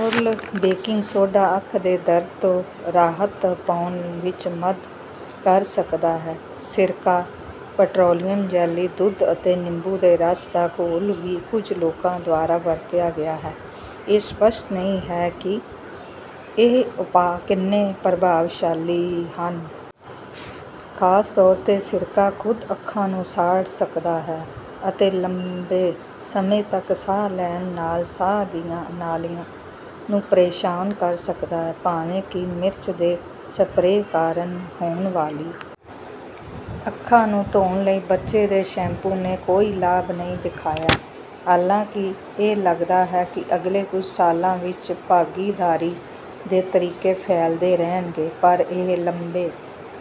Oral baking soda ਅੱਖ ਦੇ ਦਰਦ ਤੋਂ ਰਾਹਤ ਪਾਉਣ ਵਿੱਚ ਮਦ ਕਰ ਸਕਦਾ ਹੈ। ਸਿਰਕਾ, ਪੈਟਰੋਲੀਅਮ ਜੈਲੀ, ਦੁੱਧ ਅਤੇ ਨਿੰਬੂ ਦੇ ਰਸ ਦਾ ਘੋਲ ਵੀ ਕੁਝ ਲੋਕਾਂ ਦੁਆਰਾ ਵਰਤਿਆ ਗਿਆ ਹੈ। ਇਹ ਸਪਸ਼ਟ ਨਹੀਂ ਹੈ ਕਿ ਇਹ ਉਪਾਅ ਕਿੰਨੇ ਪ੍ਰਭਾਵਸ਼ਾਲੀ ਹਨ। ਖਾਸ ਤੌਰ 'ਤੇ, ਸਿਰਕਾ ਖੁਦ ਅੱਖਾਂ ਨੂੰ ਸਾੜ ਸਕਦਾ ਹੈ ਅਤੇ ਲੰਬੇ ਸਮੇਂ ਤੱਕ ਸਾਹ ਲੈਣ ਨਾਲ ਸਾਹ ਦੀਆਂ ਨਾਲੀਆਂ ਨੂੰ ਪਰੇਸ਼ਾਨ ਕਰ ਸਕਦਾ ਹੈ। ਭਾਵੇਂ ਕਿ ਮਿਰਚ ਦੇ ਸਪਰੇਅ ਕਾਰਨ ਹੋਣ ਵਾਲੀ ਅੱਖਾਂ ਨੂੰ ਧੋਣ ਲਈ ਬੱਚੇ ਦੇ ਸ਼ੈਂਪੂ ਨੇ ਕੋਈ ਲਾਭ ਨਹੀਂ ਦਿਖਾਇਆ। ਹਾਲਾਂਕਿ ਇਹ ਲੱਗਦਾ ਹੈ ਕਿ ਅਗਲੇ ਕੁਝ ਸਾਲਾਂ ਵਿੱਚ ਭਾਗੀਦਾਰੀ ਦੇ ਤਰੀਕੇ ਫੈਲਦੇ ਰਹਿਣਗੇ, ਪਰ ਇਹ ਲੰਬੇ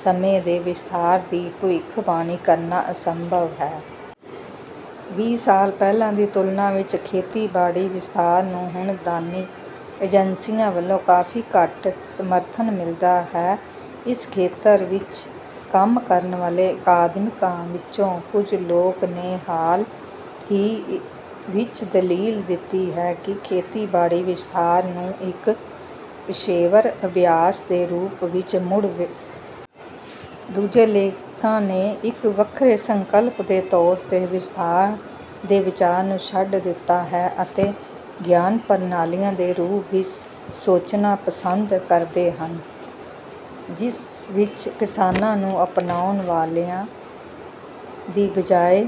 ਸਮੇਂ ਦੇ ਵਿਸਥਾਰ ਦੀ ਭਵਿੱਖਬਾਣੀ ਕਰਨਾ ਅਸੰਭਵ ਹੈ। ਵੀਹ ਸਾਲ ਪਹਿਲਾਂ ਦੀ ਤੁਲਨਾ ਵਿੱਚ, ਖੇਤੀਬਾੜੀ ਵਿਸਥਾਰ ਨੂੰ ਹੁਣ ਦਾਨੀ ਏਜੰਸੀਆਂ ਵੱਲੋਂ ਕਾਫੀ ਘੱਟ ਸਮਰਥਨ ਮਿਲਦਾ ਹੈ। ਇਸ ਖੇਤਰ ਵਿੱਚ ਕੰਮ ਕਰਨ ਵਾਲੇ ਅਕਾਦਮਿਕਾਂ ਵਿੱਚੋਂ, ਕੁਝ ਲੋਕਾਂ ਨੇ ਹਾਲ ਹੀ ਵਿੱਚ ਦਲੀਲ ਦਿੱਤੀ ਹੈ ਕਿ ਖੇਤੀਬਾੜੀ ਵਿਸਥਾਰ ਨੂੰ ਇੱਕ ਪੇਸ਼ੇਵਰ ਅਭਿਆਸ ਦੇ ਰੂਪ ਵਿੱਚ ਮੁੜ-ਵਿਚਾਰਿਆ ਜਾਣਾ ਚਾਹੀਦਾ ਹੈ। ਦੂਜੇ ਲੇਖਕਾਂ ਨੇ ਇੱਕ ਵੱਖਰੇ ਸੰਕਲਪ ਦੇ ਤੌਰ 'ਤੇ ਵਿਸਥਾਰ ਦੇ ਵਿਚਾਰ ਨੂੰ ਛੱਡ ਦਿੱਤਾ ਹੈ ਅਤੇ "ਗਿਆਨ ਪ੍ਰਣਾਲੀਆਂ" ਦੇ ਰੂਪ ਵਿੱਚ ਸੋਚਣਾ ਪਸੰਦ ਕਰਦੇ ਹਨ ਜਿਸ ਵਿੱਚ ਕਿਸਾਨਾਂ ਨੂੰ ਅਪਣਾਉਣ ਵਾਲਿਆਂ ਦੀ ਬਜਾਏ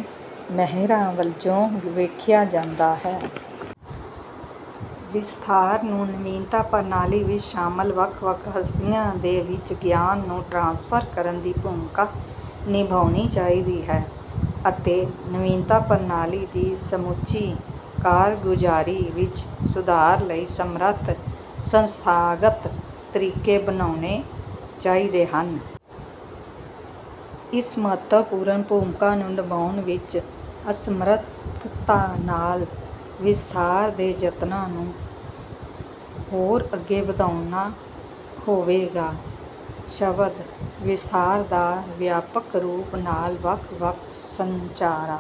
ਮਾਹਿਰਾਂ ਵਜੋਂ ਵੇਖਿਆ ਜਾਂਦਾ ਹੈ। ਵਿਸਥਾਰ ਨੂੰ ਨਵੀਨਤਾ ਪ੍ਰਣਾਲੀ ਵਿੱਚ ਸ਼ਾਮਲ ਵੱਖ-ਵੱਖ ਹਸਤੀਆਂ ਦੇ ਵਿੱਚ ਗਿਆਨ ਨੂੰ ਟ੍ਰਾਂਸਫਰ ਕਰਨ ਦੀ ਭੂਮਿਕਾ ਨਿਭਾਉਣੀ ਚਾਹੀਦੀ ਹੈ ਅਤੇ ਨਵੀਨਤਾ ਪ੍ਰਣਾਲੀ ਦੀ ਸਮੁੱਚੀ ਕਾਰਗੁਜ਼ਾਰੀ ਵਿੱਚ ਸੁਧਾਰ ਲਈ ਸਮਰੱਥ ਸੰਸਥਾਗਤ ਤਰੀਕੇ ਬਣਾਉਣੇ ਚਾਹੀਦੇ ਹਨ। ਇਸ ਮਹੱਤਵਪੂਰਨ ਭੂਮਿਕਾ ਨੂੰ ਨਿਭਾਉਣ ਵਿੱਚ ਅਸਮਰਥਤਾ ਨਾਲ ਵਿਸਥਾਰ ਦੇ ਯਤਨਾਂ ਨੂੰ ਹੋਰ ਅੱਗੇ ਵਧਾਉਣਾ ਹੋਵੇਗਾ। ਸ਼ਬਦ "ਵਿਸਥਾਰ" ਦਾ ਵਿਆਪਕ ਰੂਪ ਨਾਲ ਵੱਖ-ਵੱਖ ਸੰਚਾਰਾਂ